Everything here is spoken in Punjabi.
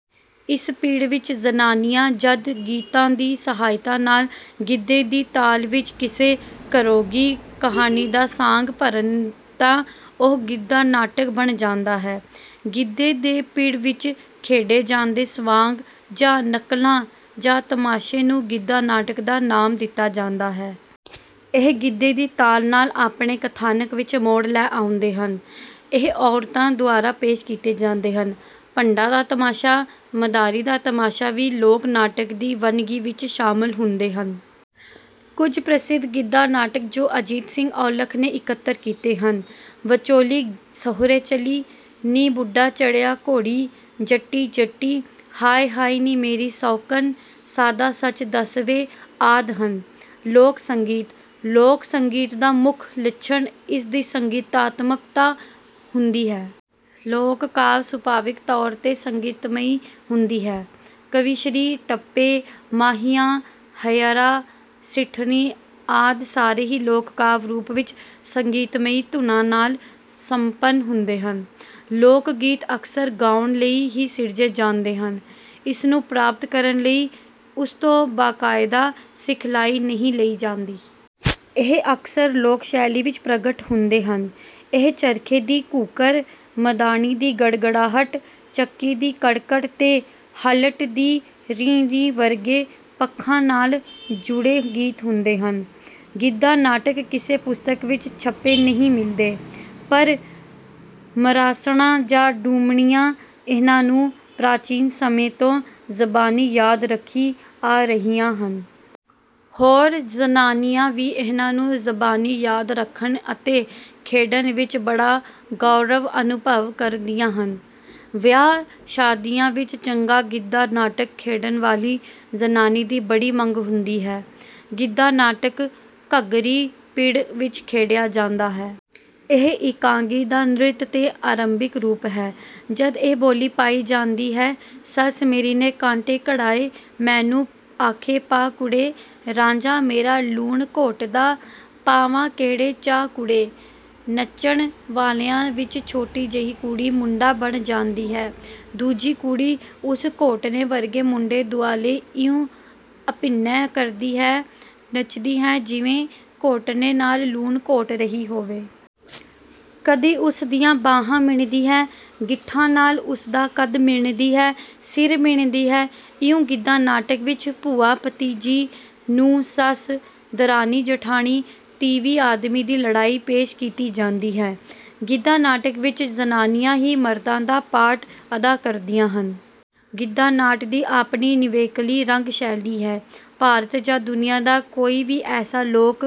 ਇਸ ਪਿੜ ਵਿੱਚ ਜ਼ਨਾਨੀਆਂ ਜਦ ਗੀਤਾਂ ਦੀ ਸਹਾਇਤਾ ਨਾਲ ਗਿੱਧੇ ਦੀ ਤਾਲ ਵਿੱਚ ਕਿਸੇ ਘਰੋਗੀ ਕਹਾਣੀ ਦਾ ਸਾਂਗ ਭਰਨ ਤਾਂ ਉਹ 'ਗਿੱਧਾ-ਨਾਟਕ' ਬਣ ਜਾਂਦਾ ਹੈ। ਗਿੱਧੇ ਦੇ ਪਿੜ ਵਿੱਚ ਖੇਡੇ ਜਾਂਦੇ ਸਵਾਂਗ ਜਾਂ ਨਕਲਾਂ ਜਾਂ ਤਮਾਸ਼ੇ ਨੂੰ ਗਿੱਧਾ-ਨਾਟਕ ਦਾ ਨਾਮ ਦਿੱਤਾ ਜਾਂਦਾ ਹੈ। ਇਹ ਗਿੱਧੇ ਦੀ ਤਾਲ ਨਾਲ ਆਪਣੇ ਕਥਾਨਕ ਵਿੱਚ ਮੋੜ ਲੈ ਆਉਂਦੇ ਹਨ। ਇਹ ਔਰਤਾਂ ਦੁਆਰਾ ਪੇਸ਼ ਕੀਤੇ ਜਾਂਦੇ ਹਨ। ਭੰਡਾਂ ਦਾ ਤਮਾਸ਼ਾ, ਮਦਾਰੀ ਦਾ ਤਮਾਸ਼ਾ ਵੀ ਲੋਕ-ਨਾਟਕ ਦੀ ਵੰਨਗੀ ਵਿੱਚ ਸ਼ਾਮਲ ਹੁੰਦੇ ਹਨ। ਕੁਝ ਪ੍ਰਸਿੱਧ ਗਿੱਧਾ-ਨਾਟਕ ਜੋ ਅਜੀਤ ਸਿੰਘ ਔਲਖ ਨੇ ਇਕੱਤਰ ਕੀਤੇ ਹਨ; ਵਚੋਲੀ ਸਹੁਰੇ ਚਲੀ, ਨੀ ਬੁੱਢਾ ਚੜ੍ਹਿਆ ਘੋੜੀ, ਜੱਟੀ-ਜੱਟੀ, ਹਾਏ-ਹਾਏ ਨੀ ਮੇਰੀ ਸੌਕਣ, ਸਾਧਾ ਸੱਚ ਦੱਸ ਵੇ ਆਦਿ ਹਨ। ਲੋਕ-ਸੰਗੀਤ :- ਲੋਕ-ਗੀਤ ਦਾ ਮੁੱਖ ਲੱਛਣ ਇਸ ਦੀ ਸੰਗੀਤਾਤਮਕਤਾ ਹੁੰਦੀ ਹੈ। ਲੋਕ-ਕਾਵਿ ਸੁਭਾਵਿਕ ਤੌਰ 'ਤੇ ਸੰਗੀਤਮਈ ਹੁੰਦੀ ਹੈ। 'ਕਵੀਸ਼ਰੀ, ਟੱਪੇ, ਮਾਹੀਆਂ, ਹੇਅਰਾ, ਸਿੱਠਣੀ ਆਦਿ ਸਾਰੇ ਹੀ ਲੋਕ-ਕਾਵਿ ਰੂਪ ਸੰਗੀਤਮਈ ਧੁਨਾਂ ਨਾਲ ਸੰਪੰਨ ਹੁੰਦੇ ਹਨ। ਲੋਕ-ਗੀਤ ਅਕਸਰ ਗਾਉਣ ਲਈ ਹੀ ਸਿਰਜੇ ਜਾਂਦੇ ਹਨ। ਇਸ ਨੂੰ ਪ੍ਰਾਪਤ ਕਰਨ ਲਈ ਉਸ ਤੋਂ ਬਾਕਾਇਦਾ ਸਿਖਲਾਈ ਨਹੀਂ ਲਈ ਜਾਂਦੀ। "ਇਹ ਅਕਸਰ ਲੋਕ-ਸ਼ੈਲੀ ਵਿੱਚ ਪ੍ਰਗਟ ਹੁੰਦੇ ਹਨ। ਇਹ ਚਰਖੇ ਦੀ ਘੂਕਰ, ਮਧਾਣੀ ਦੀ ਗੜਗੜਾਹਟ, ਚੱਕੀ ਦੀ ਕੜ-ਕੜ ਤੇ ਹਲਟ ਦੀ ਰੀਂ-ਰੀਂ ਵਰਗੇ ਪੱਖਾਂ ਨਾਲ ਜੁੜੇ ਗੀਤ ਹੁੰਦੇ ਹਨ।" ਗਿੱਧਾ-ਨਾਟਕ ਕਿਸੇ ਪੁਸਤਕ ਵਿੱਚ ਛਪੇ ਨਹੀਂ ਮਿਲਦੇ, ਪਰ ਮਰਾਸਣਾਂ ਜਾਂ ਡੂਮਣੀਆਂ ਇਹਨਾਂ ਨੂੰ ਪ੍ਰਾਚੀਨ ਸਮੇਂ ਤੋਂ ਜ਼ਬਾਨੀ ਯਾਦ ਰੱਖੀ ਆ ਰਹੀਆਂ ਹਨ। ਹੋਰ ਜ਼ਨਾਨੀਆਂ ਵੀ ਇਹਨਾਂ ਨੂੰ ਜ਼ਬਾਨੀ ਯਾਦ ਰੱਖਣ ਅਤੇ ਖੇਡਣ ਵਿੱਚ ਬੜਾ ਗੌਰਵ ਅਨੁਭਵ ਕਰਦੀਆਂ ਹਨ। ਵਿਆਹ-ਸ਼ਾਦੀਆਂ ਵਿੱਚ ਚੰਗਾ ਗਿੱਧਾ-ਨਾਟਕ ਖੇਡਣ ਵਾਲੀ ਜ਼ਨਾਨੀ ਦੀ ਬੜੀ ਮੰਗ ਹੁੰਦੀ ਹੈ। ਗਿੱਧਾ-ਨਾਟਕ ਘੱਗਰੀ-ਪਿੜ ਵਿੱਚ ਖੇਡਿਆ ਜਾਂਦਾ ਹੈ। ਇਹ ਇਕਾਂਗੀ ਦਾ ਨ੍ਰਿਤ ਤੇ ਆਰੰਭਿਕ ਰੂਪ ਹੈ। ਜਦ ਇਹ ਬੋਲੀ ਪਾਈ ਜਾਂਦੀ ਹੈ: ਸੱਸ ਮੇਰੀ ਨੇ ਕਾਂਟੇ ਘੜਾਏ, ਮੈਨੂੰ ਆਖੇ ਪਾ ਕੁੜੇ, ਰਾਂਝਾ ਮੇਰਾ ਲੂਣ ਘੋਟਣਾ, ਪਾਵਾਂ ਕਿਹੜੇ ਚਾਅ ਕੁੜੇ। ਨੱਚਣ ਵਾਲਿਆਂ ਵਿੱਚ ਛੋਟੀ ਜਿਹੀ ਕੁੜੀ ਮੁੰਡਾ ਬਣ ਜਾਂਦੀ ਹੈ, ਦੂਜੀ ਕੁੜੀ ਉਸ ਘੋਟਣੇ ਵਰਗੇ ਮੁੰਡੇ ਦੁਆਲੇ ਇਉਂ ਅਭਿਨੈ ਕਰਦੀ ਹੈ, ਨੱਚਦੀ ਹੈ ਜਿਵੇਂ ਘੋਟਣੇ ਨਾਲ ਲੂਣ ਘੋਟ ਰਹੀ ਹੋਵੇ। ਕਦੀ ਉਸ ਦੀਆਂ ਬਾਂਹਾਂ ਮਿਣਦੀ ਹੈ, ਗਿੱਠਾਂ ਨਾਲ ਉਸ ਦਾ ਕੱਦ ਮਿਣਦੀ ਹੈ, ਸਿਰ ਮਿਣਦੀ ਹੈ। ਇਉਂ ਗਿੱਧਾ-ਨਾਟਕ ਵਿੱਚ ਭੂਆ-ਭਤੀਜੀ, ਨੂੰਹ-ਸੱਸ, ਦਰਾਣੀ-ਜਠਾਣੀ, ਤੀਵੀਂ-ਆਦਮੀ ਦੀ ਲੜਾਈ ਪੇਸ਼ ਕੀਤੀ ਜਾਂਦੀ ਹੈ। ਗਿੱਧਾ-ਨਾਟਕ ਵਿੱਚ ਜ਼ਨਾਨੀਆਂ ਹੀ ਮਰਦਾਂ ਦਾ ਪਾਰਟ ਅਦਾ ਕਰਦੀਆਂ ਹਨ। ਗਿੱਧਾ-ਨਾਟ ਦੀ ਆਪਣੀ ਨਿਵੇਕਲੀ ਰੰਗ-ਸ਼ੈਲੀ ਹੈ। ਭਾਰਤ ਜਾਂ ਦੁਨੀਆ ਦਾ ਕੋਈ ਵੀ ਐਸਾ ਲੋਕ